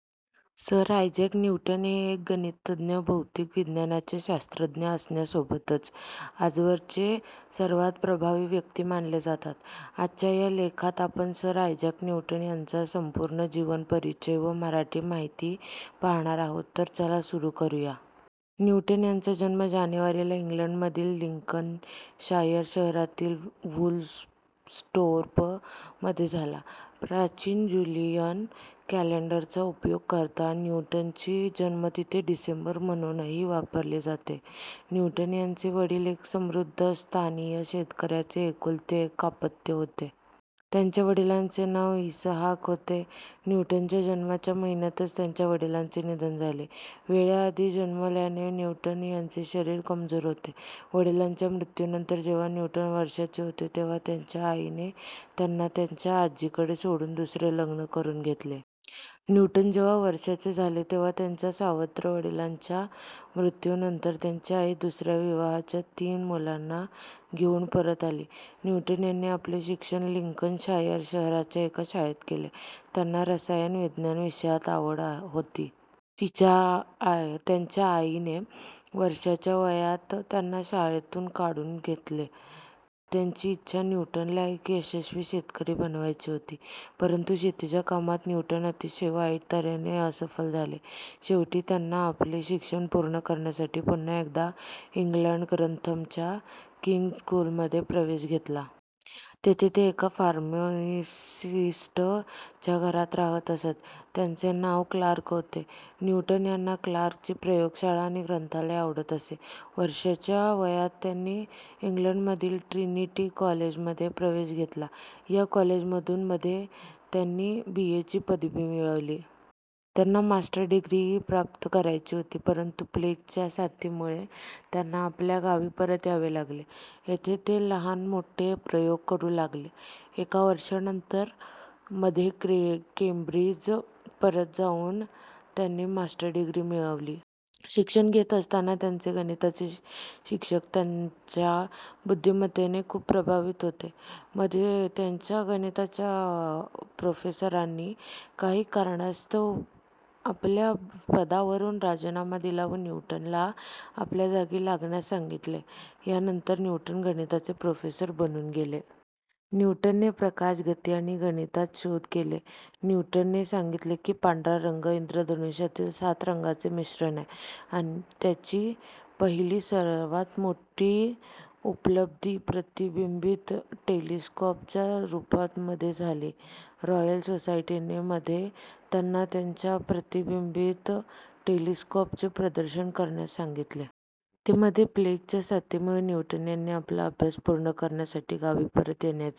: Sir Isaac Newton हे एक गणितज्ञ, भौतिक विज्ञानाचे शास्त्रज्ञ असण्यासोबतच आजवर चे सर्वात प्रभावी व्यक्ती मानले जातात. आजच्या या लेखात आपण सर आयझॅक न्यूटन यांचा संपूर्ण जीवन परिचय व मराठी माहिती पाहणार आहोत तर चला सुरू करुया. न्यूटन यांचा जन्म जानेवारी ला इंग्लंड मधील लिंकनशायर शहरातील वुलस्टोर्प मध्ये झाला. प्राचीन ज्युलियन कॅलेंडर चा उपयोग करता. न्यूटन ची जन्मतिथी डिसेंबर म्हणूनही वापरली जाते. न्यूटन यांचे वडील एक समृद्ध स्थानीय शेतकऱ्याचे एकुलते एक अपत्य होते. त्यांच्या वडिलांचे नाव इसहाक होते. न्यूटन च्या जन्माच्या महिन्यातच त्यांच्या वडिलांचे निधन झाले. वेळेआधी जन्मल्याने न्यूटन यांचे शरीर कमजोर होते. वडिलांच्या मृत्यूनंतर जेव्हा न्यूटन वर्षाचे होते तेव्हा त्यांच्या आईने त्यांना त्यांच्या आजीकडे सोडून दुसरे लग्न करून घेतले. न्यूटन जेव्हा वर्षाचे झाले तेव्हा त्यांच्या सावत्र वडिलांच्या मृत्यूनंतर त्यांची आई दुसऱ्या विवाहाच्या तीन मुलांना घेऊन परत आली. न्यूटन यांनी आपले शिक्षण लिंकनशायर शहराच्या एका शाळेत केले. त्यांना रसायन विज्ञान विषयात आवड होती. त्यांच्या आईने वर्षाच्या वयात त्यांना शाळेतून काढून घेतले. त्यांची इच्छा न्यूटन ला एक यशस्वी शेतकरी बनवायची होते. परंतु शेतीच्या कामात न्यूटन अतिशय वाईट तऱ्हेने असफल झाले. शेवटी त्यांना आपले शिक्षण पूर्ण करण्यासाठी पुन्हा एकदा इंग्लंड ग्रंथम च्या किंग्ज स्कूल मध्ये प्रवेश घेतला. तेथे ते एका फार्मसिस्ट च्या घरात राहत असत. त्यांचे नाव क्लार्क होते. न्यूटन यांना क्लार्क ची प्रयोगशाळा आणि ग्रंथालय आवडत असे. वर्षाच्या वयात त्यांनी इंग्लंड मधील ट्रिनिटी कॉलेज मध्ये प्रवेश घेतला, या कॉलेज मधून मध्ये त्यांनी बीए ची पदवी मिळवली. त्यांना मास्टर डिग्री ही प्राप्त करायची होती परंतु प्लेग च्या साथीमुळे त्यांना आपल्या गावी परत यावे लागले. येथे ते लहान मोठे प्रयोग करू लागले. एका वर्षानंतर मध्ये केंब्रिज परत जाऊन त्यांनी मास्टर डिग्री मिळवली. शिक्षण घेत असताना त्यांचे गणिताचे शिक्षक त्यांच्या बुद्धिमत्तेने खूप प्रभावित होते, मध्ये त्यांच्या गणिताच्या प्रोफेसरांनी काही कारणास्तव आपल्या पदावरून राजीनामा दिला व न्यूटन ला आपल्या जागी लागण्यास सांगितले. यानंतर न्यूटन गणिताचे प्रोफेसर बनून गेले. न्यूटन ने प्रकाश, गती आणि गणितात शोध केले. न्यूटन ने सांगितले की पांढरा रंग इंद्रधनुष्यातील सात रंगांचे मिश्रण आहे. त्यांची पहिली सर्वात मोठी उपलब्धि प्रतिबिंबित टेलिस्कॉप च्या रूपात मध्ये झाली. रॉयल सोसायटी ने मध्ये त्यांना त्यांच्या प्रतिबिंबित टेलिस्कॉप चे प्रदर्शन करण्यास सांगितले. ते मध्ये प्लेग च्या साथीमुळे न्यूटन यांनी आपला अभ्यास पूर्ण करण्यासाठी गावी परत येण्याचे